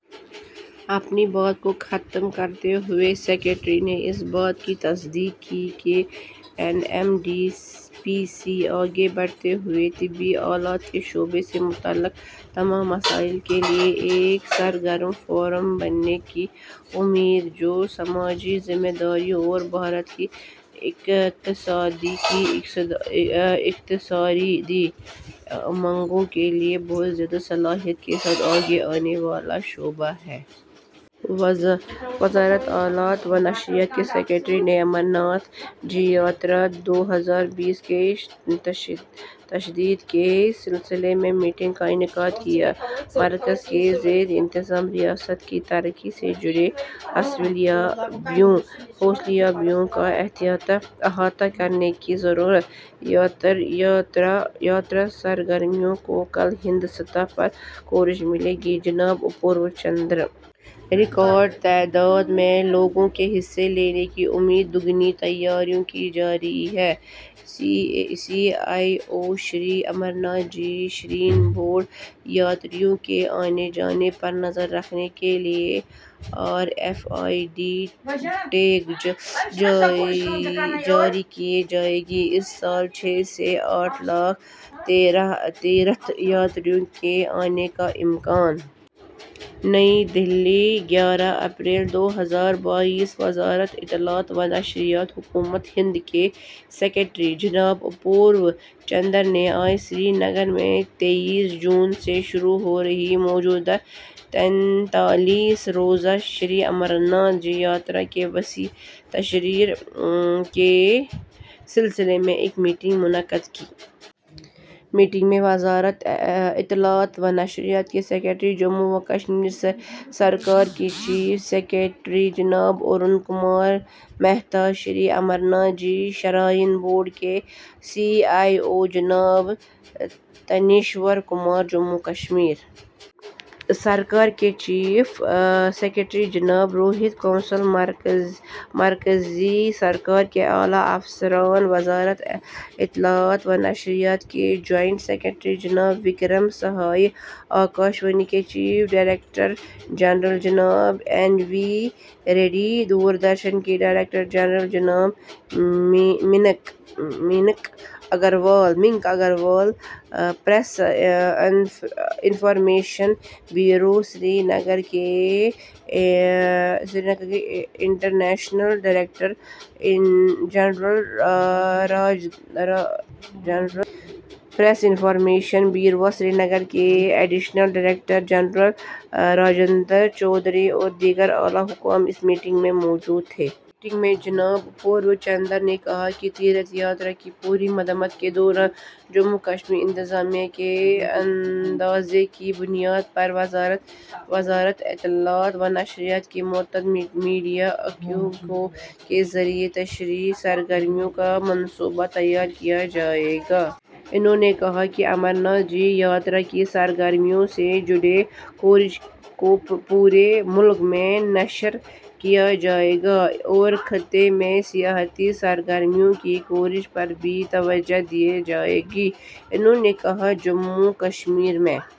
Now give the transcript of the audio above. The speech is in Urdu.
اپنی بات کو ختم کرتے ہوئے سیکریٹری نے اس بات کی تصدیق کی کہ N M D P C, آگے بڑھتے ہوئے، طبی آلات کے شعبے سے متعلق تمام مسائل کے لیے ایک سرگرم فورم بننے کی امید ہے، جو سماجی ذمہ داریوں اور بھارت کی اقتصادی کی اقتصادی امنگوں کے لیے بہت زیادہ صلاحیت کے ساتھ آگے آنے والا شعبہ ہے۔ وزارت اطلاعات و نشریات کے سیکریٹری نے امرناتھ جی یاترا دو ہزار بائیس کی تشہیر کے سلسلے میں میٹنگ کا انعقاد کیا۔ مرکز کے زیر انتظام ریاست کی ترقی سے جڑی حصولیابیوں کا احاطہ کرنے کی ضرورت، یاترا سرگرمیوں کو کل ہند سطح پر کوریج ملے گی: جناب اپورو چندر۔ ریکارڈ تعداد میں لوگوں کے حصہ لینے کی امید، دوگنی تیاریاں کی جا رہی ہیں: C E O, Shri Amarnath ji shrine board. یاتریوں کے آنے جانے پر نظر رکھنے کے لیے R F I D tag جاری کیے جائیں گے، اس سال چھ سے آٹھ لاکھ تیرتھ یاتریوں کے آنے کا امکان۔ نئی دہلی: گیارہ اپریل دو ہزار بائیس: وزارت اطلاعات و نشریات، حکومت ہند کے سیکریٹری جناب اپورو چندرا نے آج سری نگر میں تیس جون سے شروع ہو رہی مجوزہ تینتالیس روزہ شری امرناتھ جی یاترا کی وسیع تشہیر کے سلسلے میں ایک میٹنگ منعقد کی۔ میٹنگ میں وزارت اطلاعات و نشریات کے سیکریٹری، جموں و کشمیر سرکار کے چیف سیکریٹری جناب ارون کمار مہتا، شری امرناتھ جی شرائن بورڈ کے سی ای او جناب نتیشور کمار، جموں کشمیر سرکار کے چیف سیکریٹری جناب روہت کنسل، مرکزی سرکار کے اعلیٰ افسران، وزارت اطلاعات و نشریات کے جوائنٹ سیکریٹری جناب وکرم سہائے، آکاش وانی کے چیف ڈائریکٹر جنرل جناب این وی ریڈی، دوردرشن کے ڈائریکٹر جنرل جناب Mayank Agarwal, press information bureau Srinagar کے additional director general Rajendra Chaudhary اور دیگر اعلیٰ حکام اس میٹنگ میں موجود تھے۔ میٹنگ میں جناب اپورو چندر نے کہا کہ تیرتھ یاترا کی پوری مدت کے دوران جموں کشمیر انتظامیہ کے اندازے کی بنیاد پر وزارت اطلاعات و نشریات کی متعدد میڈیا اکائیوں کے ذریعے تشہیری سرگرمیوں کا منصوبہ تیار کیا جائے گا۔ انہوں نے کہا کہ امرناتھ جی یاترا کی سرگرمیوں سے جڑے کوریج کو پورے ملک میں نشر کیا جائے گا اور خطے میں سیاحتی سرگرمیوں کی کوریج پر بھی توجہ دی جائے گی۔ انہوں نے کہا، "جموں کشمیر میں...